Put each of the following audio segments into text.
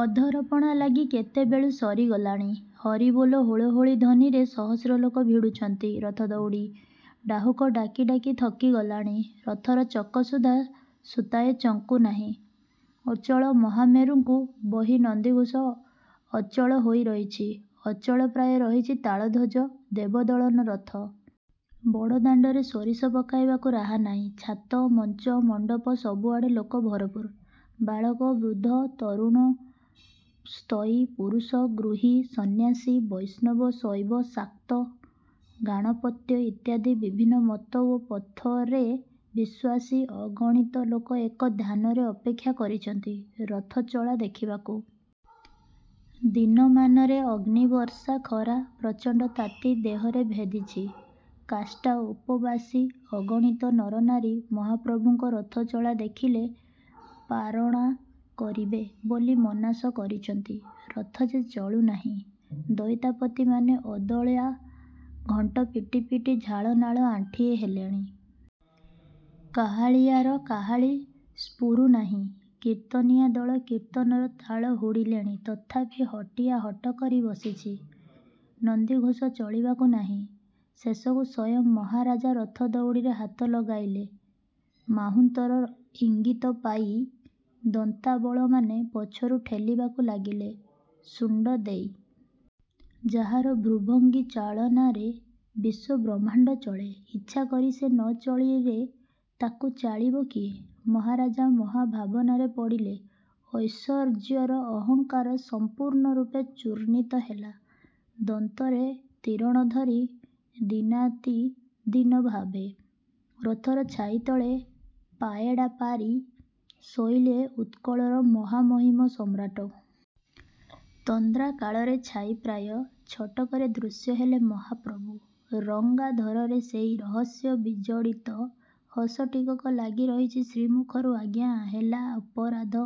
ଅଧର ପଣା ଲାଗି କେତେ ବେଳୁ ସରିଗଲାଣି। ହରିବୋଲ ହୁଳହୁଳି ଧ୍ୱନିରେ ସହସ୍ର ଲୋକ ଭିଡ଼ୁଛନ୍ତି ରଥ ଦଉଡ଼ି। ଡାହୁକ ଡାକି ଡାକି ଥକି ଗଲାଣି। ରଥର ଚକ ସୁଦ୍ଧା ସୂତାଏ ଚଙ୍କୁ ନାହିଁ। ଅଚଳ ମହାମେରୁଙ୍କୁ ବହି ନନ୍ଦିଘୋଷ ଅଚଳ ହୋଇ ରହିଛି। ଅଚଳ ପ୍ରାୟ ରହିଛି ତାଳଧ୍ୱଜ, ଦେବ ଦଳନ ରଥ। ବଡ଼ ଦାଣ୍ଡରେ ସୋରିଷ ପକାଇବାକୁ ରାହା ନାହିଁ। ଛାତ, ମଞ୍ଚ, ମଣ୍ଡପ ସବୁ ଆଡ଼େ ଲୋକ ଭରପୁର। ବାଳକ, ବୃଦ୍ଧ, ତରୁଣ, ସ୍ତୟୀ, ପୁରୁଷ, ଗୃହୀ, ସନ୍ନ୍ୟାସୀ, ବୈଷ୍ଣବ, ଶୈବ, ଶାକ୍ତ, ଗାଣପତ୍ୟ ଇତ୍ୟାଦି ବିଭିନ୍ନ ମତ ଓ ପଥରେ ବିଶ୍ୱାସୀ ଅଗଣିତ ଲୋକ ଏକ ଧ୍ୟାନରେ ଅପେକ୍ଷା କରିଛନ୍ତି ରଥଚଳା ଦେଖିବାକୁ। ଦିନମାନରେ ଅଗ୍ନି ବର୍ଷା ଖରା, ପ୍ରଚଣ୍ଡ ତାତି ଦେହରେ ଭେଦିଛି। କାଷ୍ଠା ଉପବାସି ଅଗଣିତ ନରନାରୀ, ମହାପ୍ରଭୁଙ୍କ ରଥ ଚଳା ଦେଖିଲେ ପାରଣା କରିବେ ବୋଲି ମନାଶ କରିଛନ୍ତି। ରଥ ଯେ ଚଳୁ ନାହିଁ? ଦଇତାପତିମାନେ ଅଦଳଆ ଘଣ୍ଟ ପିଟି ପିଟି ଝାଳ ନାଳ ଆଣ୍ଠିଏ ହେଲେଣି। କାହାଳିଆର କାହାଳୀ ସ୍ଫୁରୁ ନାହିଁ। କୀର୍ତ୍ତନିଆ ଦଳ କୀର୍ତ୍ତନର ତାଳ ହୁଡ଼ିଲେଣି ତଥାପି ହଟିଆ ହଟ କରି ବସିଛି। ନନ୍ଦିଘୋଷ ଚଳିବାକୁ ନାହିଁ। ଶେଷକୁ ସ୍ୱୟଂ ମହାରାଜା ରଥ ଦଉଡ଼ିରେ ହାତ ଲଗାଇଲେ। ମାହୁନ୍ତର ଇଙ୍ଗିତ ପାଇ ଦନ୍ତାବଳମାନେ ପଛରୁ ଠେଲିବାକୁ ଲାଗିଲେ ଶୁଣ୍ଢ ଦେଇ। ଯାହାର ଭ୍ରୂଭଙ୍ଗୀ ଚାଳନାରେ ବିଶ୍ୱ ବ୍ରହ୍ମାଣ୍ଡ ଚଳେ। ଇଚ୍ଛା କରି ସେ ନ ଚଳିରେ ତାକୁ ଚାଳିବ କିଏ? ମହାରାଜା ମହା ଭାବନାରେ ପଡ଼ିଲେ ଐଶ୍ୱର୍ଯ୍ୟର ଅହଙ୍କାର ସଂପୂର୍ଣ୍ଣ ରୂପେ ଚୂର୍ଣ୍ଣିତ ହେଲା। ଦନ୍ତରେ ତୀରଣ ଧରି ଦୀନାତି ଦୀନ ଭାବେ, ରଥର ଛାଇ ତଳେ, ପାଏଡ଼ା ପାରି ଶୋଇଲେ ଉତ୍କଳର ମହାମହିମ ସମ୍ରାଟ। ତନ୍ଦ୍ରା କାଳରେ ଛାଇ ପ୍ରାୟ ଛଟକରେ ଦୃଶ୍ୟ ହେଲେ ମହାପ୍ରଭୁ। ରଙ୍ଗାଧରରେ ସେଇ ରହସ୍ୟ ବିଜଡ଼ିତ ହସ ଟିକକ ଲାଗି ରହିଛି ଶ୍ରୀ ମୁଖରୁ ଆଜ୍ଞା ହେଲା ଅପରାଧ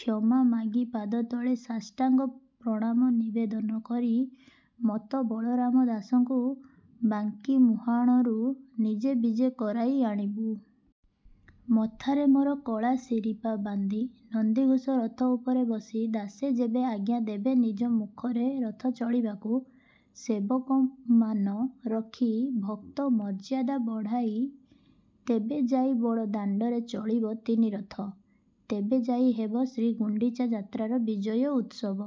କ୍ଷମା ମାଗି ପାଦ ତଳେ ସାଷ୍ଟାଙ୍ଗ ପ୍ରଣାମ ନିବେଦନ କରି, ମତ୍ତ ବଳରାମ ଦାସଙ୍କୁ ବାଙ୍କି ମୁହାଣରୁ ନିଜେ ବିଜେ କରାଇ ଆଣିବୁ। ମଥାରେ। ମୋର କଳା ଶିରୀପା ବାନ୍ଧି, ନନ୍ଦିଘୋଷ ରଥ ଉପରେ ବସି ଦାସେ ଯେବେ ଆଜ୍ଞା ଦେବେ ନିଜ ମୁଖରେ ରଥ ଚଳିବାକୁ। ସେବକ ମାନ ରଖି ଭକ୍ତ ମର୍ଯ୍ୟାଦା ବଢ଼ାଇ ତେବେ ଯାଇ ବଡ଼ ଦାଣ୍ଡରେ ଚଳିବ ତିନିରଥ। ତେବେ ଯାଇ ହେବ ଶ୍ରୀ ଗୁଣ୍ଡିଚା ଯାତ୍ରାର ବିଜୟ ଉତ୍ସବ।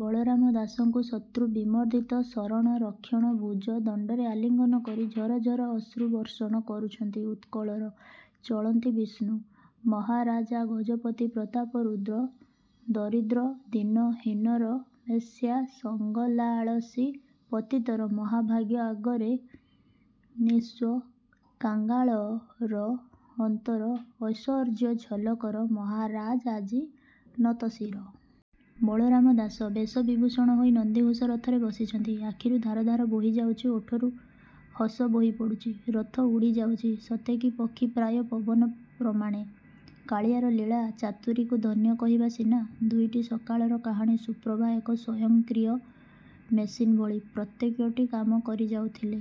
ବଳରାମ ଦାସଙ୍କୁ ଶତ୍ରୁ ବିମର୍ଦିତ, ଶରଣ ରକ୍ଷଣ ଭୂଜ ଦଣ୍ଡରେ ଆଲିଙ୍ଗନ କରି ଝର ଝର ଅଶ୍ରୁ ବର୍ଷଣ କରୁଛନ୍ତି ଉତ୍କଳର ଚଳନ୍ତି ବିଷ୍ଣୁ, ମହାରାଜାଗଜପତି ପ୍ରତାପରୁଦ୍ର। ଦରିଦ୍ର ଦୀନ ହୀନର, ବେଶ୍ୟା ସଂଗଲାଳସୀ ପତିତର, ମହାଭାଗ୍ୟ ଆଗରେ, ନିଃସ୍ୱ କାଙ୍ଗାଳର, ଅନ୍ତର ଐଶ୍ୱର୍ଯ୍ୟ ଝଲକର ମହାରାଜ ଆଜି ନତଶିର। ବଳରାମ ଦାସ ବେଶ ବିଭୂଷଣ ହୋଇ ନନ୍ଦିଘୋଷ ରଥରେ ବସିଛନ୍ତି। ଆଖିରୁ ଧାର ଧାର ବୋହି ଯାଉଛି, ଓଠରୁ ହସ ବୋହି ପଡ଼ୁଛି। ରଥ ଉଡ଼ି ଯାଉଛି ସତେକି ପକ୍ଷୀ ପ୍ରାୟ ପବନ ପ୍ରମାଣେ। କାଳିଆର ଲୀଳା ଚାତୁରୀକୁ ଧନ୍ୟ କହିବା ସିନା? ଦୁଇଟି ସକାଳର କାହାଣୀ ସୁପ୍ରଭା ଏକ ସ୍ୱୟଂକ୍ରିୟ ମେସିନ୍ ଭଳି, ପ୍ରତ୍ୟେକଟି କାମ କରି ଯାଉଥିଲେ।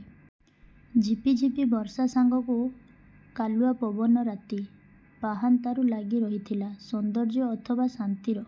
ଝିପି ଝିପି ବର୍ଷା ସାଙ୍ଗକୁ କାଲୁଆ ପବନ ରାତି ପାହାନ୍ତାରୁ ଲାଗି ରହିଥିଲା, ସୌନ୍ଦର୍ଯ୍ୟ ଅଥବା ଶାନ୍ତିର